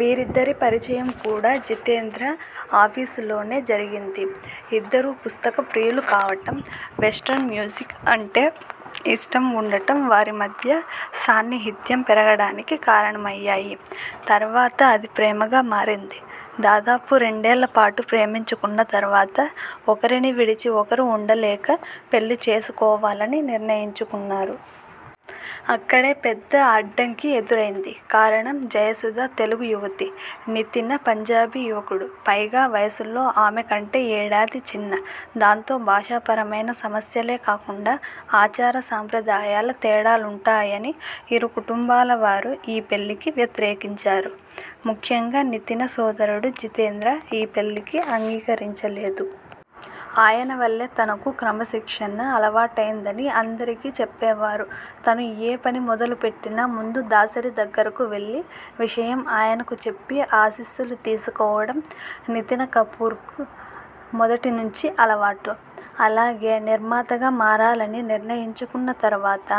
వీరిద్దరి పరిచయం కూడా జితేంద్ర ఆఫీసులోనే జరిగింది. ఇద్దరూ పుస్తక ప్రియులు కావడం, వెస్ట్రన్ మ్యూజిక్ అంటే ఇష్టం ఉండటం వారి మధ్య సాన్నిహిత్యం పెరగడానికి కారణమయ్యాయి. తర్వాత అది ప్రేమగా మారింది. దాదాపు రెండేళ్లపాటు ప్రేమించుకున్న తర్వాత ఒకరినివిడిచి ఒకరు ఉండలేక పెళ్లి చేసుకోవాలని నిర్ణయించుకున్నారు. అక్కడే పెద్ద అడ్డంకి ఎదురైంది. కారణం జయసుధ తెలుగు యువతి, నితిన పంజాబీ యువకుడు. పైగా వయసులో ఆమె కంటే ఏడాది చిన్న. దాంతో భాషాపరమైన సమస్యలే కాకుండా ఆచార సంప్రదాయాల తేడాలుంటాయని ఇరు కుటుంబాలవారు ఈ పెళ్లికి వ్యతిరేకించారు. ముఖ్యంగా నితిన సోదరుడు జితేంద్ర ఈ పెళ్లికి అంగీకరించలేదు. ఆయన వల్లే తనకు క్రమశిక్షణ అలవాట్టైందని అందరికీ చెప్పేవారు. తను ఏ పని మొదలుపెట్టినా ముందు దాసరి దగ్గరకు వెళ్లి విషయం ఆయనకు చెప్పి ఆశీస్సులు తీసుకోవడం నితినకపూర్కు మొదటినుంచీ అలవాటు. అలాగే నిర్మాతగా మారాలని నిర్ణయించుకున్న తర్వాత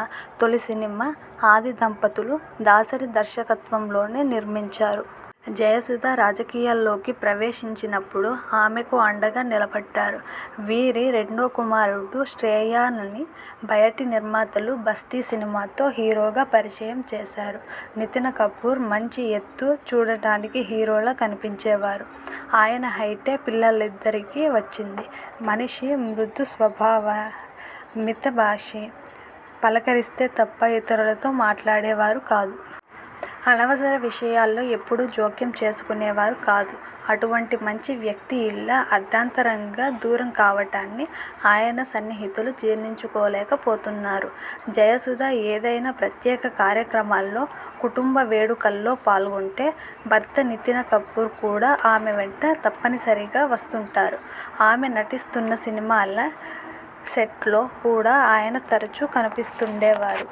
తొలి సినిమా 'ఆది దంపతులు' దాసరి దర్శకత్వంలోనే నిర్మించారు. జయసుధ రాజకీయాల్లోకి ప్రవేశించినప్పుడు ఆమెకు అండగా నిలబడ్డారు. వీరి రెండో కుమారుడు శ్రేయానని బయటి నిర్మాతలు 'బస్తీ' సినిమాతో హీరోగా పరిచయం చేశారు. నితినకపూర్ మంచి ఎత్తు, చూడటానికి హీరోలా కనిపించేవారు. ఆయన హైటే పిల్లలిద్దరికీ వచ్చింది. మనిషి మృదుస్వభావి, మితభాషి. పలకరిస్తే తప్ప ఇతరులతో మాట్లాడేవారు కాదు. అనవసర విషయాల్లో ఎప్పుడూ జోక్యం చేసుకునేవారు కాదు. అటువంటి మంచి వ్యక్తి ఇలా అర్ధాంతరంగా దూరంకావడాన్ని ఆయన సన్నిహితులు జీర్ణించుకోలేకపోతున్నారు. జయసుధ ఏదైనా ప్రత్యేక కార్యక్రమాల్లో, కుటుంబ వేడుకల్లో పాల్గొంటే, భర్త నితిన కపూర్ కూడా ఆమె వెంట తప్పనిసరిగా వస్తుంటారు. ఆమె నటిస్తున్న సినిమాల సెట్స్లో కూడా ఆయన తరచూ కనిపిస్తుండేవారు.